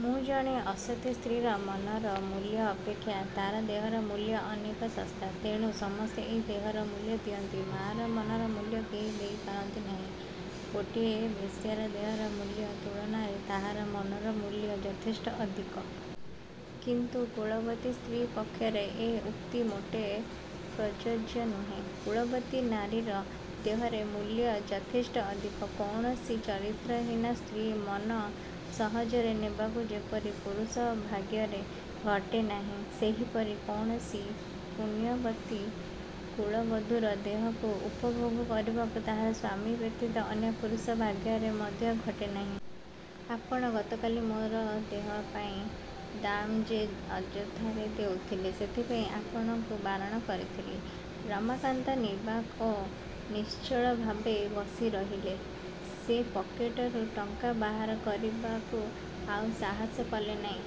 ମୁଁ ଜାଣେ ଅସତୀ ସ୍ତ୍ରୀର ମନର ମୂଲ୍ୟ ଅପେକ୍ଷା ତା'ର ଦେହର ମୂଲ୍ୟ ଅନେକ ଶସ୍ତା। ତେଣୁ ସମସ୍ତେ ଏହି ଦେହର ମୂଲ୍ୟ ଦିଅନ୍ତି। ମୋର ମନର ମୂଲ୍ୟ କେହି ଦେଇ ପାରନ୍ତି ନାହିଁ। ଗୋଟିଏ ବେଶ୍ୟାର ଦେହର ମୂଲ୍ୟ ତୁଳନାରେ ତାହାର ମନର ମୂଲ୍ୟ ଯଥେଷ୍ଟ ଅଧିକ-। କିନ୍ତୁ କୁଳବତୀ ସ୍ତ୍ରୀ ପକ୍ଷରେ ଏ ଉକ୍ତି ମୋଟେ ପ୍ରଯୋଜ୍ୟ ନୁହେଁ। କୁଳବତୀ ନାରୀର ଦେହର ମୂଲ୍ୟ ଯଥେଷ୍ଟ ଅଧିକ। କୌଣସି ଚରିତ୍ରହୀନା ସ୍ତ୍ରୀର ମନ ସହଜରେ ନେବାକୁ ଯେପରି ପୁରୁଷ ଭାଗ୍ୟରେ ଘଟେ ନାହିଁ, ସେହିପରି କୌଣସି ପୁଣ୍ୟବତୀ କୁଳବଧୂର ଦେହକୁ ଉପଭୋଗ କରିବାକୁ ତାହାର ସ୍ୱାମୀ ବ୍ୟତୀତ ଅନ୍ୟ ପୁରୁଷ ଭାଗ୍ୟରେ ମଧ୍ୟ ଘଟେ ନାହିଁ। ଆପଣ ଗତକାଲି ମୋର ଦେହ ପାଇଁ ଦାମ ଯେ ଅଯଥାରେ ଦେଉଥିଲେ ସେଥିପାଇଁ ଆପଣଙ୍କୁ ବାରଣ କରିଥିଲି। '' ରମାକାନ୍ତ ନିର୍ବାକ୍ ଓ ନିଶ୍ଚଳଭାବେ ବସିରହିଲେ। ସେ ପକେଟରୁ ଟଙ୍କା ବାହାର କରିବାକୁ ଆଉ ସାହାସ କଲେ ନାହିଁ।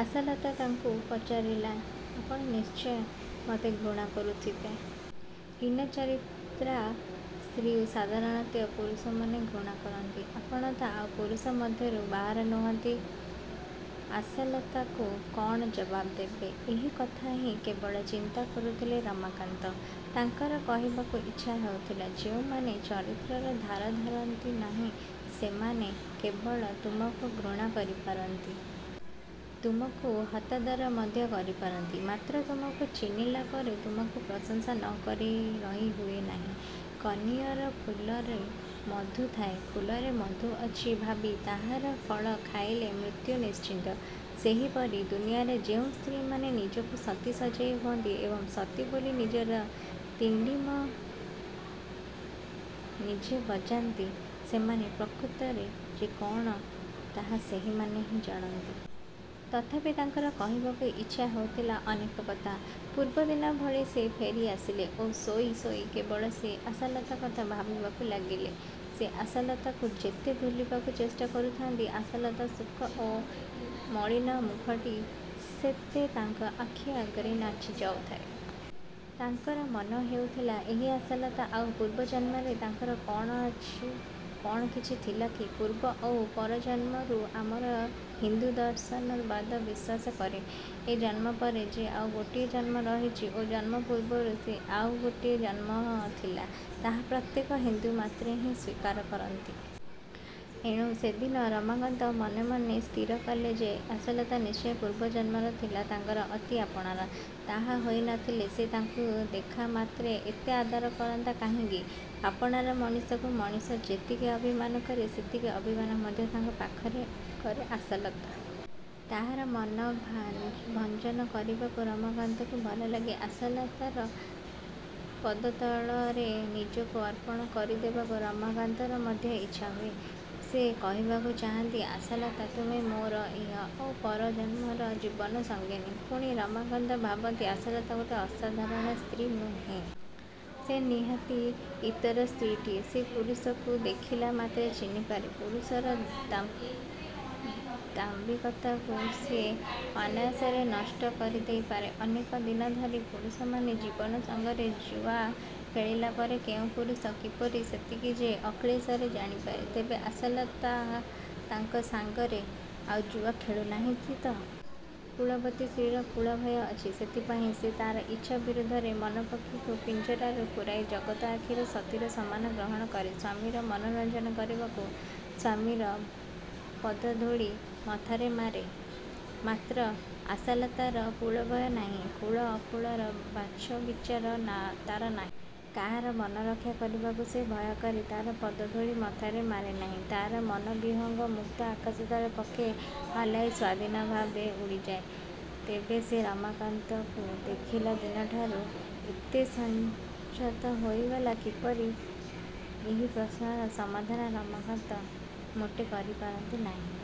ଆଶାଲତା ତାଙ୍କୁ ପଚାରିଲା, ''ଆପଣ ନିଶ୍ଚୟ ମୋତେ ଘୃଣା କରୁଥିବେ? ହୀନଚରିତ୍ରା ସ୍ତ୍ରୀକୁ ସାଧାରଣତଃ ପୁରୁଷମାନେ ଘୃଣା କରନ୍ତି। ଆପଣ ତ ଆଉ ପୁରୁଷ ମଧ୍ୟରୁ ବାହାର ନୁହନ୍ତି। '' ଆଶାଲତାକୁ କ'ଣ ଜବାବ୍ ଦେବେ ଏହି କଥା ହିଁ କେବଳ ଚିନ୍ତା କରୁଥିଲେ ରମାକାନ୍ତ। ତାଙ୍କର କହିବାକୁ ଇଚ୍ଛା ହେଉଥିଲା, ଯେଉଁମାନେ ଚରିତ୍ରର ଧାର ଧାରନ୍ତି ନାହିଁ, ସେମାନେ କେବଳ ତୁମକୁ ଘୃଣା କରିପାରନ୍ତି। ତୁମକୁ। ହତାଦର ମଧ୍ୟ କରିପାରନ୍ତି। ମାତ୍ର ତୁମକୁ ଚିହ୍ନିଲା ପରେ ତୁମକୁ ପ୍ରଶଂସା ନ କରି ରହିହୁଏ ନାହିଁ। କନିଅର ଫୁଲରେ ମଧୁ ଥାଏ ଫୁଲରେ ମଧୁ ଅଛି ଭାବି ତାହାର ଫଳ ଖାଇଲେ ମୃତ୍ୟୁ ନିଶ୍ଚିତ। ସେହିପରି ଦୁନିଆରେ ଯେଉଁ ସ୍ତ୍ରୀମାନେ ନିଜକୁ ସତୀ ସଜାଇ ହୁଅନ୍ତି ଏବଂ ସତୀ ବୋଲି ନିଜର ଡିଣ୍ଡିମ ନିଜେ ବଜାନ୍ତି ସେମାନେ ପ୍ରକୃତରେ ଯେ କ'ଣ ତାହା ସେହିମାନେ ହିଁ ଜାଣନ୍ତି। ତଥାପି ତାଙ୍କର କହିବାକୁ ଇଚ୍ଛା ହେଉଥିଲା ଅନେକ କଥା। ପୂର୍ବଦିନ ଭଳି ସେ ଫେରିଆସିଲେ ଓ ଶୋଇ ଶୋଇ କେବଳ ସେ ଆଶାଲତା କଥା ଭାବିବାକୁ ଲାଗିଲେ। ସେ ଆଶାଲତାକୁ ଯେତେ ଭୁଲିଯିବାକୁ ଚେଷ୍ଟା କରୁଥାନ୍ତି, ଆଶାଲତାର ଶୁଷ୍କ ଓ ମଳିନ ମୁଖଟି ସେତେ ତାଙ୍କ ଆଖି ଆଗରେ ନାଚିଯାଉଥାଏ। ତାଙ୍କର ମନେହେଉଥିଲା ଏହି ଆଶାଲତା ଆଉ ପୂର୍ବଜନ୍ମରେ ତାଙ୍କର କ'ଣ କିଛି ଥିଲା କି? ପୂର୍ବ ଓ ପରଜନ୍ମକୁ ଆମର ହିନ୍ଦୁ ଦର୍ଶନବାଦ ବିଶ୍ୱାସ କରେ। ଏ ଜନ୍ମ ପରେ ଯେ ଆଉ ଗୋଟିଏ ଜନ୍ମ ରହିଛି ଓ ଜନ୍ମ ପୂର୍ବରୁ ଯେ ଆଉ ଗୋଟାଏ ଜନ୍ମଥିଲା, ତାହା ପ୍ରତ୍ୟେକ ହିନ୍ଦୁମାତ୍ରେ ହିଁ ସ୍ଵୀକାର କରନ୍ତି। ଏଣୁ ସେଦିନ ରମାକାନ୍ତ ମନେମନେ ସ୍ଥିରକଲେ ଯେ ଏହି ଆଶାଲତା ନିଶ୍ଚୟ ପୂର୍ବ ଜନ୍ମରେ ଥିଲା ତାଙ୍କର ଅତି ଆପଣାର। ତାହା ହୋଇନଥିଲେ ସେ ତାଙ୍କୁ ଦେଖିଲା ମାତ୍ରେ ଏତେ ଆଦର କରନ୍ତା କାହିଁକି? ଆପଣାର ମଣିଷକୁ ମଣିଷ ଯେତିକି ଅଭିମାନ କରେ ସେତିକି ଅଭିମାନ ମଧ୍ୟ ତାଙ୍କ ପାଖରେ କରେ ଆଶାଲତା। ତାହାର ମାନଭଞ୍ଜନ କରିବାକୁ ରମାକାନ୍ତକୁ ଭଲଲାଗେ। ଆଶାଲତାର ପଦତଳରେ ନିଜକୁ ଅର୍ପଣ କରିଦେବାକୁ ରମାକାନ୍ତର ମଧ୍ୟ ଇଚ୍ଛାହୁଏ। ସେ କହିବାକୁ ଚାହାଁନ୍ତି, ଆଶାଲତା! ତୁମେ ମୋର ଇହ ଓ ପର ଜନ୍ମର 'ଜୀବନ ସଙ୍ଗିନୀ। ' ପୁଣି ରମାକାନ୍ତ ଭାବନ୍ତି ଆଶାଲତା ମୋଟେ ଅସାଧାରଣ ସ୍ତ୍ରୀ ନୁହେଁ। ସେ ନିହାତି ଇତର ସ୍ତ୍ରୀଟିଏ। ସେ ପୁରୁଷକୁ ଦେଖିଲା ମାତ୍ରେ ଚିହ୍ନିପାରେ। ପୁରୁଷର ଦାମ୍ଭିକତାକୁ ସେ ଅନାୟାସରେ ନଷ୍ଟ କରିଦେଇପାରେ। ଅନେକ ଦିନ ଧରି ପୁରୁଷମାନଙ୍କ ଜୀବନ ସଙ୍ଗରେ ଜୁଆ ଖେଳିଲା ପରେ କେଉଁ ପୁରୁଷ କିପରି ସେତିକି ସେ ଅକ୍ଳେଶରେ ଜାଣିପାରେ। ତେବେ ଆଶାଲତା ତାଙ୍କ ସଙ୍ଗରେ ଆଉ ଜୁଆ ଖେଳୁନାହିଁ ତ? କୁଳବତୀ ସ୍ତ୍ରୀର କୁଳଭୟ ଅଛି। ସେଥିପାଇଁ ସେ ତା'ର ଇଚ୍ଛା ବିରୁଦ୍ଧରେ ମନପକ୍ଷୀକୁ ପିଞ୍ଜରାରେ ପୂରାଇ ଜଗତ ଆଖିରେ ସତୀର ସମ୍ମାନ ଗ୍ରହଣ କରେ। ସ୍ୱାମୀର ମନୋରଞ୍ଜନ କରିବାକୁ ସ୍ୱାମୀର ପଦଧୂଳି ମଥାରେ ମାରେ। ମାତ୍ର ଆଶାଲତାର କୁଳଭୟ ନାହିଁ। କୁଳ, ଅକୁଳର ବାଛବିଚାର ତା'ର ନାହିଁ। କାହାରି ମନରକ୍ଷା କରିବାକୁ ସେ ଭୟକରି ତା'ର ପଦଧୂଳି ମଥାରେ ମାରେନାହିଁ। ତା'ର ମନବିହଙ୍ଗ ମୁକ୍ତ ଆକାଶ ତଳେ ପକ୍ଷ ହଲାଇ ସ୍ୱାଧୀନ ଭାବେ ଉଡ଼ିଯାଏ। ତେବେ ସେ ରମାକାନ୍ତକୁ ଦେଖିଲା ଦିନଠାରୁ ଏତେ ସଂଯତ ହୋଇଗଲା କିପରି? ଏହି ପ୍ରଶ୍ନର ସମାଧାନ ରମାକାନ୍ତ ମୋଟେ କରିପାରନ୍ତି ନାହିଁ।